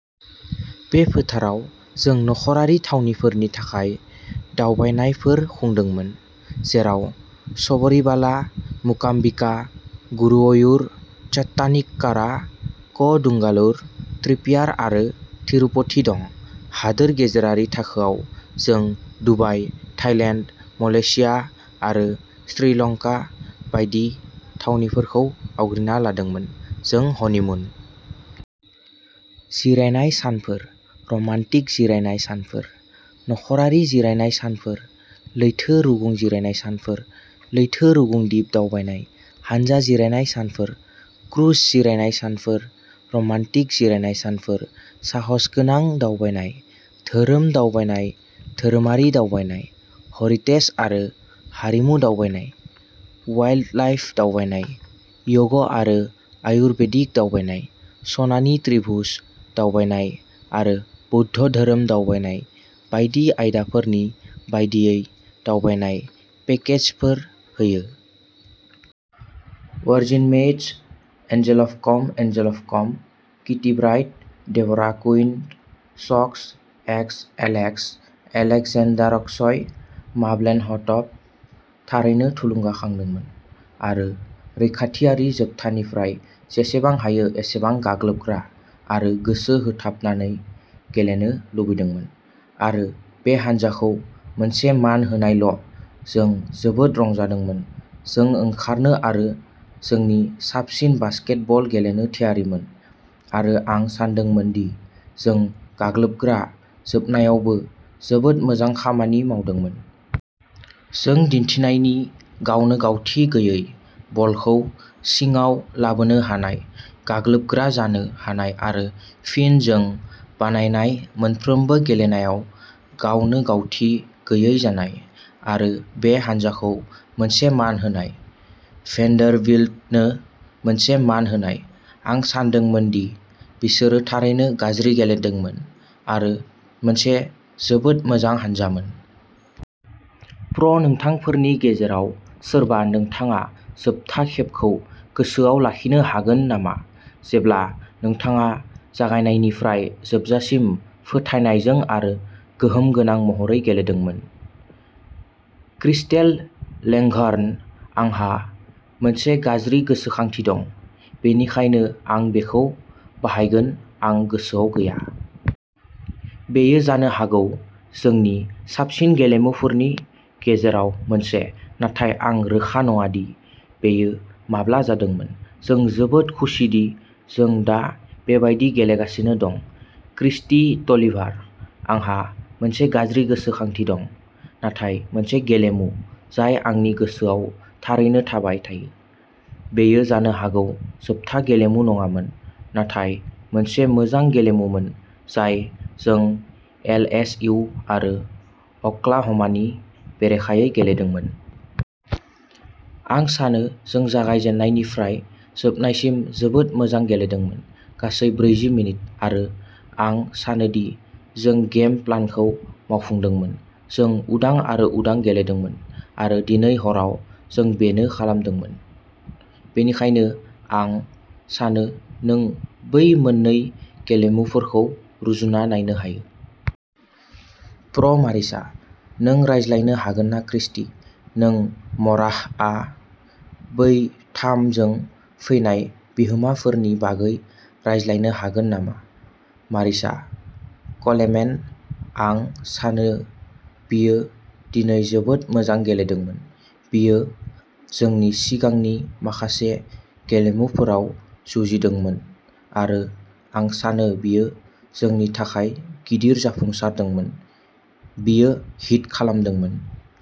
बे फोथाराव, जों नखरारि थावनिफोरनि थाखाय दावबायनायफोर खुंदोंमोन, जेराव शबरीबाला, मुकाम्बिका, गुरुवयुर, च'ट्टानिककारा, क'डुंगालुर, त्रिप्रियार आरो थिरुपथि दं। हादोर गेजेरारि थाखोआव, जों दुबाइ, थाइलेन्ड, मलेशिया आरो श्रीलंका बायदि थावनिफोरखौ आवग्रिना लादोंमोन। जों हनिमुन जिरायनाय सानफोर, रमान्टिक जिरायनाय सानफोर, नखरारि जिरायनाय सानफोर, लैथो रुगुं जिरायनाय सानफोर, लैथो रुगुं दिप दावबायनाय, हानजा जिरायनाय सानफोर, क्रुज जिरायनाय सानफोर, रमान्टिक जिरायनाय सानफोर, साहसगोनां दावबायनाय, धोरोम दावबायनाय धोरोमारि दावबायनाय, हेरिटेज आरो हारिमु दावबायनाय, वाइल्डलाइफ दावबायनाय, य'ग आरो आयुर्बेदिक दावबायनाय, सनानि त्रिभुज दावबायनाय आरो बौद्ध धोरोम दावबायनाय बायदि आयदाफोरनि बायदियै दावबायनाय पेकेजफोर होयो। वर्जिनमेइट्स। एन्जेलअफकम एन्जेलअफकम किटिब्राइट डेभ'राकुइन्टसक्सएक्सएलेक्सएलेक्जेन्डारक्सइमाब्लेनह'टब थारैनो थुलुंगाखांदोंमोन आरो रैखाथियारि जोबथानिफ्राय जेसेबां हायो एसेबां गाग्लोबग्रा आरो गोसो होथाबनानै गेलेनो लुबैदोंमोन। आरो बे हान्जाखौ मोनसे मान होनायल'। जों जोबोद रंजादोंमोन। जों ओंखारनो आरो जोंनि साबसिन बास्केटबल गेलेनो थियारिमोन, आरो आं सानदोंमोन दि जों गाग्लोबग्रा जोबनायावबो जोबोद मोजां खामानि मावदोंमोन। जों दिन्थिनायनि गावनोगावथि गैयै, बलखौ सिङाव लाबोनो हानाय, गाग्लोबग्रा जानो हानाय आरो फिन जों बानायनाय मोनफ्रोमबो गेलेनायाव गावनोगावथि गैयै जानाय। आरो बे हान्जाखौ मोनसे मान होनाय, भेन्डारबिल्टनो मोनसे मान होनाय, आं सानदोंमोन दि बिसोरो थारैनो गाज्रि गेलेदोंमोन आरो मोनसे जोबोद मोजां हानजामोन। प्र नोंथांफोरनि गेजेराव सोरबा, नोंथाङा जोबथा खेबखौ गोसोआव लाखिनो हागोन नामा जेब्ला नोंथाङा जागायनायनिफ्राय जोबजासिम फोथायनायजों आरो गोहोम गोनां महरै गेलेदोंमोन? क्रिस्टेल लेंघर्न आंहा मोनसे गाज्रि गोसोखांथि दं, बेनिखायनो आं बेखौ बाहायगोन। आं गोसोआव गैया। बेयो जानो हागौ जोंनि साबसिन गेलेमुफोरनि गेजेराव मोनसे, नाथाय आं रोखा नङा दि बेयो माब्ला जादोंमोन। जों जोबोद खुसिदि जों दा बेबायदि गेलेगासिनो दं। क्रिस्टि टलिभारः आंहा मोनसे गाज्रि गोसोखांथि दं। नाथाय मोनसे गेलेमु जाय आंनि गोसोआव थारैनो थाबाय थायो, बेयो जानो हागौ जोबथा गेलेमु नङामोन नाथाय मोनसे मोजां गेलेमुमोन जाय जों एलएसइउ आरो अक्लाह'मानि बेरेखायै गेलेदोंमोन। आं सानो जों जागायजेन्नायनिफ्राय जोबनायसिम जोबोद मोजां गेलेदोंमोन, गासै ब्रैजि मिनिट। आरो आं सानोदि जों गेम प्लानखौ मावफुंदोंमोन। जों उदां आरो उदां गेलेदोंमोन, आरो दिनै हराव जों बेनो खालामदोंमोन। बेनिखायनो आं सानो नों बै मोन्नै गेलेमुफोरखौ रुजुना नायनो हायो। प्र मारिसा, नों रायज्लायनो हागोन ना क्रिस्टि, नों माराहआ बै थाम जों फैनाय बिहोमाफोरनि बागै रायज्लायनो हागोन नामा? मारिसा कलेमेन आं सानो बियो दिनै जोबोद मोजां गेलेदोंमोन। बियो जोंनि सिगांनि माखासे गेलेमुफोराव जुजिदोंमोन आरो आं सानो बियो जोंनि थाखाय गिदिर जाफुंसारदोंमोन। बियो हिट खालामदोंमोन।